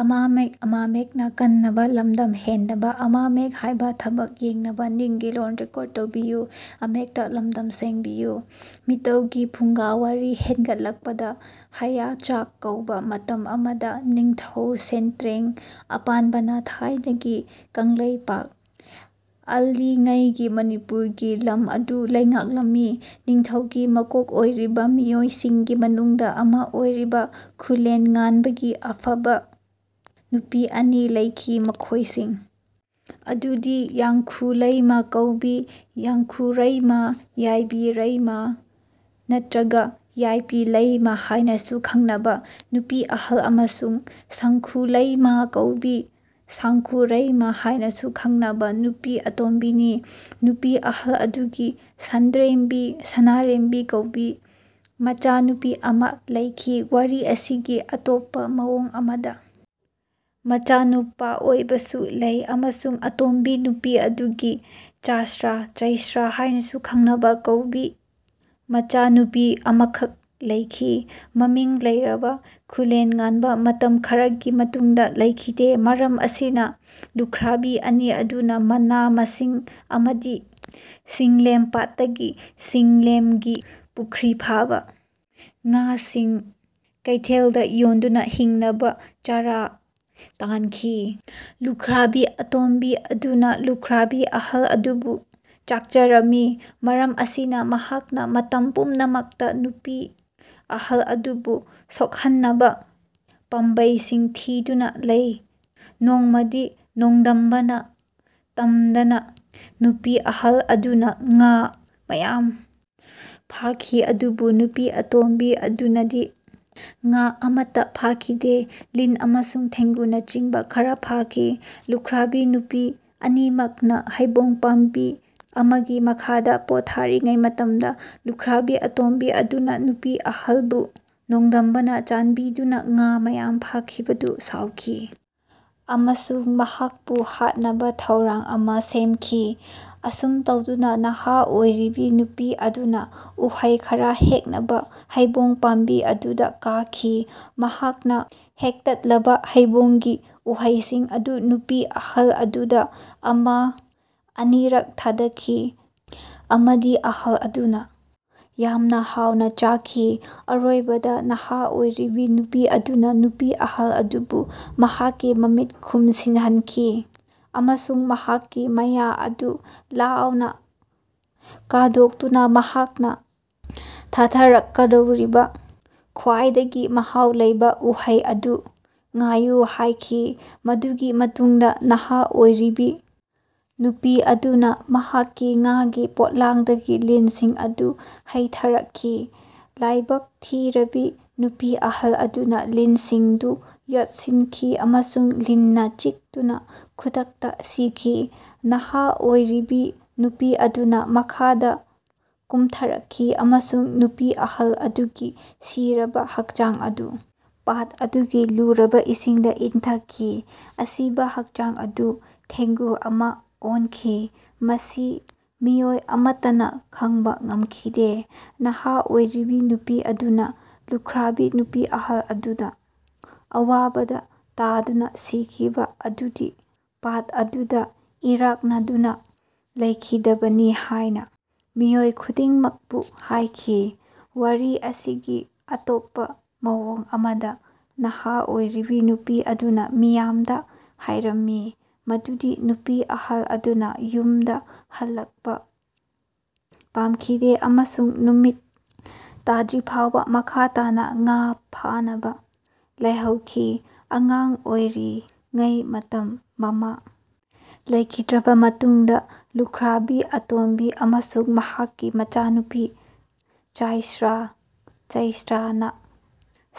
ꯃꯤꯇꯩꯒꯤ ꯐꯨꯡꯒꯥꯋꯥꯔꯤ ꯍꯧꯒꯠꯂꯛꯄꯗ ꯍꯌꯥ ꯆꯛ ꯀꯧꯕ ꯃꯇꯝ ꯑꯃꯗ ꯅꯤꯡꯊꯧ ꯁꯦꯟꯇ꯭ꯔꯦꯡ ꯑꯄꯥꯟꯕꯅ ꯊꯥꯢꯅꯒꯤ ꯀꯡꯂꯩꯄꯥꯛ (ꯉꯜꯂꯤꯉꯩꯒꯤ ꯃꯅꯤꯄꯨꯔ) ꯒꯤ ꯂꯝ ꯑꯗꯨ ꯂꯩꯉꯥꯛꯂꯝꯃꯤ꯫ ꯅꯤꯡꯊꯧꯒꯤ ꯃꯀꯣꯛ ꯑꯣꯏꯔꯤꯕ ꯃꯤꯑꯣꯏꯁꯤꯡꯒꯤ ꯃꯅꯨꯡꯗ ꯑꯃ ꯑꯣꯏꯔꯤꯕ ꯈꯨꯂꯦꯟ ꯉꯥꯟꯕꯒꯤ ꯑꯐꯕ ꯅꯨꯄꯤ ꯑꯅꯤ ꯂꯩꯈꯤ, ꯃꯈꯣꯏꯁꯤꯡ ꯑꯗꯨꯗꯤ ꯌꯥꯡꯈꯨꯂꯩꯃ ꯀꯧꯕꯤ (ꯌꯥꯡꯈꯨꯔꯩꯃ, ꯌꯥꯏꯕꯤꯔꯩꯃ ꯅꯠꯇ꯭ꯔꯒ ꯌꯥꯏꯄꯤꯂꯩꯃ ꯍꯥꯢꯅꯁꯨ ꯈꯪꯅꯕ) ꯅꯨꯄꯤ ꯑꯍꯜ ꯑꯃꯁꯨꯡ ꯁꯪꯈꯨꯂꯩꯃ ꯀꯧꯕꯤ (ꯁꯪꯈꯨꯔꯩꯃ ꯍꯥꯢꯅꯁꯨ ꯈꯪꯅꯕ) ꯅꯨꯄꯤ ꯑꯇꯣꯝꯕꯤꯅꯤ꯫ ꯅꯨꯄꯤ ꯑꯍꯜ ꯑꯗꯨꯒꯤ ꯁꯟꯗ꯭ꯔꯦꯝꯕꯤ (ꯁꯅꯔꯦꯝꯕꯤ) ꯀꯧꯕꯤ ꯃꯆꯥꯅꯨꯄꯤ ꯑꯃ ꯂꯩꯈꯤ (ꯋꯥꯔꯤ ꯑꯁꯤꯒꯤ ꯑꯇꯣꯞꯄ ꯃꯑꯣꯡ ꯑꯃꯗ ꯃꯆꯥꯅꯨꯄꯥꯑꯣꯢꯕꯁꯨ ꯂꯩ) ꯑꯃꯁꯨꯡ ꯑꯇꯣꯝꯕꯤ ꯅꯨꯄꯤ ꯑꯗꯨꯒꯤ ꯆꯁ꯭ꯔꯥ (ꯆꯩꯁ꯭ꯔꯥ ꯍꯥꯢꯅꯁꯨ ꯈꯪꯅꯕ) ꯀꯧꯕꯤ ꯃꯆꯥꯅꯨꯄꯤ ꯑꯃꯈꯛ ꯂꯩꯈꯤ꯫ ꯃꯃꯤꯡ ꯂꯩꯔꯕ ꯈꯨꯂꯦꯟ ꯉꯥꯟꯕ ꯃꯇꯝ ꯈꯔꯒꯤ ꯃꯇꯨꯡꯗ ꯂꯩꯈꯤꯗꯦ꯫ ꯃꯔꯝ ꯑꯁꯤꯅ ꯂꯨꯈ꯭ꯔꯥꯕꯤ ꯑꯅꯤ ꯑꯗꯨꯅ ꯃꯅꯥ-ꯃꯁꯤꯡ ꯑꯃꯗꯤ ꯁꯤꯂꯦꯝꯄꯥꯠꯇꯒꯤ (ꯁꯤꯂꯦꯝꯒꯤ ꯄꯨꯈ꯭ꯔꯤ) ꯐꯥꯕ ꯉꯥꯁꯤꯡ ꯀꯩꯊꯦꯜꯗ ꯌꯣꯟꯗꯨꯅ ꯍꯤꯡꯅꯕ ꯆꯔꯥ ꯇꯥꯟꯈꯤ꯫ ꯂꯨꯈ꯭ꯔꯥꯕꯤ ꯑꯇꯣꯝꯕꯤ ꯑꯗꯨꯅ ꯂꯨꯈ꯭ꯔꯥꯕꯤ ꯑꯍꯜ ꯑꯗꯨꯕꯨ ꯆꯥꯛꯆꯔꯝꯃꯤ꯫ ꯃꯔꯝ ꯑꯁꯤꯅ ꯃꯍꯥꯛꯅ ꯃꯇꯝ ꯄꯨꯝꯅꯃꯛꯇ ꯅꯨꯄꯤ ꯑꯍꯜ ꯑꯗꯨꯕꯨ ꯁꯣꯛꯍꯟꯅꯕ ꯄꯥꯝꯕꯩꯁꯤꯡ ꯊꯤꯗꯨꯅ ꯂꯩ꯫ ꯅꯣꯡꯃꯗꯤ ꯅꯣꯡꯗꯝꯕꯅ ꯇꯝꯗꯅ ꯅꯨꯄꯤ ꯑꯍꯜ ꯑꯗꯨꯅ ꯉꯥ ꯃꯌꯥꯝ ꯐꯥꯈꯤ ꯑꯗꯨꯕꯨ ꯅꯨꯄꯤ ꯑꯇꯣꯝꯕꯤ ꯑꯗꯨꯅꯗꯤ ꯉꯥ ꯑꯃꯠꯇ ꯐꯥꯈꯤꯗꯦ, ꯂꯤꯟ ꯑꯃꯁꯨꯡ ꯊꯦꯡꯒꯨꯅꯆꯤꯡꯕ ꯈꯔ ꯐꯥꯈꯤ꯫ ꯂꯨꯈ꯭ꯔꯥꯕꯤ ꯅꯨꯄꯤ ꯑꯅꯤꯃꯛꯅ ꯍꯩꯕꯣꯡ ꯄꯥꯝꯕꯤ ꯑꯃꯒꯤ ꯃꯈꯥꯗ ꯄꯣꯊꯥꯔꯤꯉꯩ ꯃꯇꯝꯗ ꯂꯨꯈ꯭ꯔꯥꯕꯤ ꯑꯇꯣꯝꯕꯤ ꯑꯗꯨꯅ ꯅꯨꯄꯤ ꯑꯍꯜꯕꯨ ꯅꯣꯡꯗꯝꯕꯅ ꯆꯥꯟꯕꯤꯗꯨꯅ ꯉꯥ ꯃꯌꯥꯝ ꯐꯥꯈꯤꯕꯗꯨ ꯁꯥꯎꯈꯤ ꯑꯃꯁꯨꯡ ꯃꯍꯥꯛꯄꯨ ꯍꯥꯠꯅꯕ ꯊꯧꯔꯥꯡ ꯑꯃ ꯁꯦꯝꯈꯤ꯫ ꯑꯁꯨꯝ ꯇꯧꯗꯨꯅ ꯅꯍꯥ ꯑꯣꯏꯔꯤꯕ ꯅꯨꯄꯤ ꯑꯗꯨꯅ ꯎꯍꯩ ꯈꯔ ꯍꯦꯛꯅꯕ ꯍꯩꯕꯣꯡ ꯄꯥꯝꯕꯤ ꯑꯗꯨꯗ ꯀꯥꯈꯤ꯫ ꯃꯍꯥꯛꯅ ꯍꯦꯛꯇꯠꯂꯕ ꯍꯩꯕꯣꯡꯒꯤ ꯎꯍꯩꯁꯤꯡ ꯑꯗꯨ ꯅꯨꯄꯤ ꯑꯍꯜ ꯑꯗꯨꯗ ꯑꯃ ꯑꯅꯤꯔꯛ ꯊꯥꯗꯈꯤ ꯑꯃꯗꯤ ꯑꯍꯜ ꯑꯗꯨꯅ ꯌꯥꯝꯅ ꯍꯥꯎꯅ ꯆꯥꯈꯤ꯫ ꯑꯔꯣꯢꯕꯗ, ꯅꯍꯥ ꯑꯣꯢꯔꯤꯕꯤ ꯅꯨꯄꯤ ꯑꯗꯨꯅ ꯅꯨꯄꯤ ꯑꯍꯜ ꯑꯗꯨꯕꯨ ꯃꯍꯥꯛꯀꯤ ꯃꯃꯤꯠ ꯈꯨꯝꯁꯤꯟꯍꯟꯈꯤ ꯑꯃꯁꯨꯡ ꯃꯍꯥꯛꯀꯤ ꯃꯌꯥ ꯑꯗꯨ ꯂꯥꯎꯅ ꯀꯥꯗꯣꯛꯇꯨꯅ ꯃꯍꯥꯛꯅ ꯊꯥꯊꯔꯛꯀꯗꯧꯔꯤꯕ ꯈ꯭ꯋꯥꯢꯗꯒꯤ ꯃꯍꯥꯎ ꯂꯩꯕ ꯎꯍꯩ ꯑꯗꯨ ꯉꯥꯢꯌꯨ ꯍꯥꯢꯈꯤ꯫ ꯃꯗꯨꯒꯤ ꯃꯇꯨꯡꯗ ꯅꯍꯥ ꯑꯣꯢꯔꯤꯕꯤ ꯅꯨꯄꯤ ꯑꯗꯨꯅ ꯃꯍꯥꯛꯀꯤ ꯉꯥꯒꯤ ꯄꯣꯂꯥꯡꯗꯒꯤ ꯂꯤꯟꯁꯤꯡ ꯑꯗꯨ ꯍꯩꯊꯔꯛꯈꯤ꯫ ꯂꯥꯢꯕꯛ ꯊꯤꯔꯕꯤ ꯅꯨꯄꯤ ꯑꯍꯜ ꯑꯗꯨꯅ ꯂꯤꯟꯁꯤꯡꯗꯨ ꯌꯣꯠꯁꯤꯟꯈꯤ ꯑꯃꯁꯨꯡ ꯂꯤꯟꯅ ꯆꯤꯛꯇꯨꯅ ꯈꯨꯗꯛꯇ ꯁꯤꯈꯤ꯫ ꯅꯍꯥ ꯑꯣꯢꯔꯤꯕꯤ ꯅꯨꯄꯤ ꯑꯗꯨꯅ ꯃꯈꯥꯗ ꯀꯨꯝꯊꯔꯛꯈꯤ ꯑꯃꯁꯨꯡ ꯅꯨꯄꯤ ꯑꯍꯜ ꯑꯗꯨꯒꯤ ꯁꯤꯔꯕ ꯍꯛꯆꯥꯡ ꯑꯗꯨ ꯄꯥꯠ ꯑꯗꯨꯒꯤ ꯂꯨꯔꯕ ꯏꯁꯤꯡꯗ ꯏꯟꯊꯈꯤ꯫ ꯑꯁꯤꯕ ꯍꯛꯆꯥꯡ ꯑꯗꯨ ꯊꯦꯡꯒꯨ ꯑꯃ ꯑꯣꯟꯈꯤ꯫ ꯃꯁꯤ ꯃꯤꯑꯣꯢ ꯑꯃꯠꯇꯅ ꯈꯡꯕ ꯉꯝꯈꯤꯗꯦ꯫ ꯅꯍꯥ ꯑꯣꯢꯔꯤꯕꯤ ꯅꯨꯄꯤ ꯑꯗꯨꯅ ꯂꯨꯈ꯭ꯔꯥꯕꯤ ꯅꯨꯄꯤ ꯑꯍꯜ ꯑꯗꯨꯅ ꯑꯋꯥꯕꯗ ꯇꯥꯗꯨꯅ ꯁꯤꯈꯤꯕ ꯑꯗꯨꯗꯤ ꯄꯥꯠ ꯑꯗꯨꯗ ꯏꯔꯥꯛꯅꯗꯨꯅ ꯂꯩꯈꯤꯗꯕꯅꯤ ꯍꯥꯢꯅ ꯃꯤꯑꯣꯏ ꯈꯨꯗꯤꯡꯃꯛꯄꯨ ꯍꯥꯏꯈꯤ꯫ ꯋꯥꯔꯤ ꯑꯁꯤꯒꯤ ꯑꯇꯣꯞꯄ ꯃꯑꯣꯡ ꯑꯃꯗ ꯅꯍꯥ ꯑꯣꯏꯔꯤꯕ ꯅꯨꯄꯤ ꯑꯗꯨꯅ ꯃꯤꯌꯥꯝꯗ ꯍꯥꯏꯔꯝꯃꯤ ꯃꯗꯨꯗꯤ ꯅꯨꯄꯤ ꯑꯍꯜ ꯑꯗꯨꯅ ꯌꯨꯝꯗ ꯍꯜꯂꯛꯄ ꯄꯥꯝꯈꯤꯗꯦ ꯑꯃꯁꯨꯡ ꯅꯨꯃꯤꯠ ꯇꯥꯗ꯭ꯔꯤꯐꯥꯎꯕ ꯃꯈꯥ ꯇꯥꯅ ꯉꯥ ꯐꯥꯅꯕ ꯂꯩꯍꯧꯈꯤ꯫ ꯑꯉꯥꯡ ꯑꯣꯢꯔꯤꯉꯩ ꯃꯇꯝ ꯃꯃꯥ ꯂꯩꯈꯤꯗ꯭ꯔꯕ ꯃꯇꯨꯡꯗ ꯂꯨꯈ꯭ꯔꯥꯕꯤ ꯑꯇꯣꯝꯕꯤ ꯑꯃꯁꯨꯡ ꯃꯍꯥꯛꯀꯤ ꯃꯆꯥꯅꯨꯄꯤ ꯆꯥꯢꯁ꯭ꯔꯥ (ꯆꯩꯁ꯭ꯔꯥ) ꯅ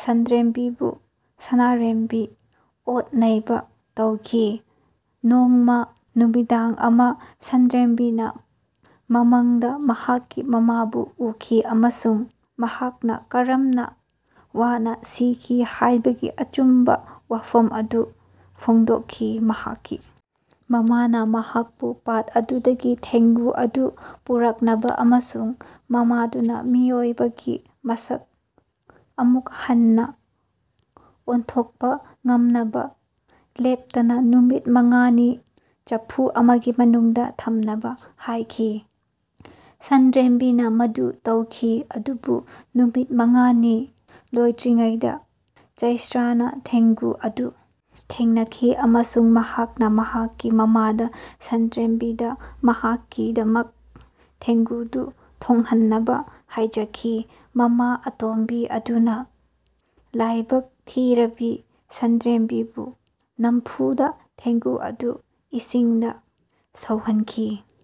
ꯁꯟꯗ꯭ꯔꯦꯝꯕꯤꯕꯨ (ꯁꯅꯔꯦꯝꯕꯤ) ꯑꯣꯠ-ꯅꯩꯕ ꯇꯧꯈꯤ꯫ ꯅꯣꯡꯃ ꯅꯨꯃꯤꯗꯥꯡ ꯑꯃ, ꯁꯟꯗ꯭ꯔꯦꯝꯕꯤꯅ ꯃꯃꯪꯗ ꯃꯍꯥꯛꯀꯤ ꯃꯃꯥꯕꯨ ꯎꯈꯤ ꯑꯃꯁꯨꯡ ꯃꯍꯥꯛꯅ ꯀꯔꯝꯅ ꯋꯥꯅꯥ ꯁꯤꯈꯤ ꯍꯥꯢꯕꯒꯤ ꯑꯆꯨꯝꯕ ꯋꯥꯐꯝ ꯑꯗꯨ ꯐꯣꯡꯗꯣꯛꯈꯤ꯫ ꯃꯍꯥꯛꯀꯤ ꯃꯃꯥꯅ ꯃꯍꯥꯛꯄꯨ ꯄꯥꯠ ꯑꯗꯨꯗꯒꯤ ꯊꯦꯡꯒꯨ ꯑꯗꯨ ꯄꯨꯔꯛꯅꯕ ꯑꯃꯁꯨꯡ ꯃꯃꯥꯗꯨꯅ ꯃꯤꯑꯣꯢꯕꯒꯤ ꯃꯁꯛ ꯑꯃꯨꯛ ꯍꯟꯅ ꯑꯣꯟꯊꯣꯛꯄ ꯉꯝꯅꯕ ꯂꯦꯞꯇꯅ ꯅꯨꯃꯤꯠ ꯃꯉꯥꯅꯤ ꯆꯐꯨ ꯑꯃꯒꯤ ꯃꯅꯨꯡꯗ ꯊꯝꯅꯕ ꯍꯥꯢꯈꯤ꯫ ꯁꯟꯗ꯭ꯔꯦꯝꯕꯤꯅ ꯃꯗꯨ ꯇꯧꯈꯤ ꯑꯗꯨꯕꯨ ꯅꯨꯃꯤꯠ ꯃꯉꯥꯅꯤ ꯂꯣꯢꯗ꯭ꯔꯤꯉꯩꯗ ꯆꯩꯁ꯭ꯔꯥꯅ ꯊꯦꯡꯒꯨ ꯑꯗꯨ ꯊꯦꯡꯅꯈꯤ ꯑꯃꯁꯨꯡ ꯃꯍꯥꯛꯅ ꯃꯍꯥꯛꯀꯤ ꯃꯃꯥꯗ ꯁꯟꯗ꯭ꯔꯦꯝꯕꯤꯗ ꯃꯍꯥꯛꯀꯤꯗꯃꯛ ꯊꯦꯡꯒꯨꯗꯨ ꯊꯣꯡꯍꯟꯅꯕ ꯍꯥꯢꯖꯈꯤ꯫ ꯃꯃꯥ ꯑꯇꯣꯝꯕꯤ ꯑꯗꯨꯅ ꯂꯥꯢꯕꯛ ꯊꯤꯔꯕꯤ ꯁꯟꯗ꯭ꯔꯦꯝꯕꯤꯕꯨ ꯅꯝꯐꯨꯗ ꯊꯦꯡꯒꯨ ꯑꯗꯨ ꯏꯁꯤꯡꯗ ꯁꯧꯍꯟꯈꯤ꯫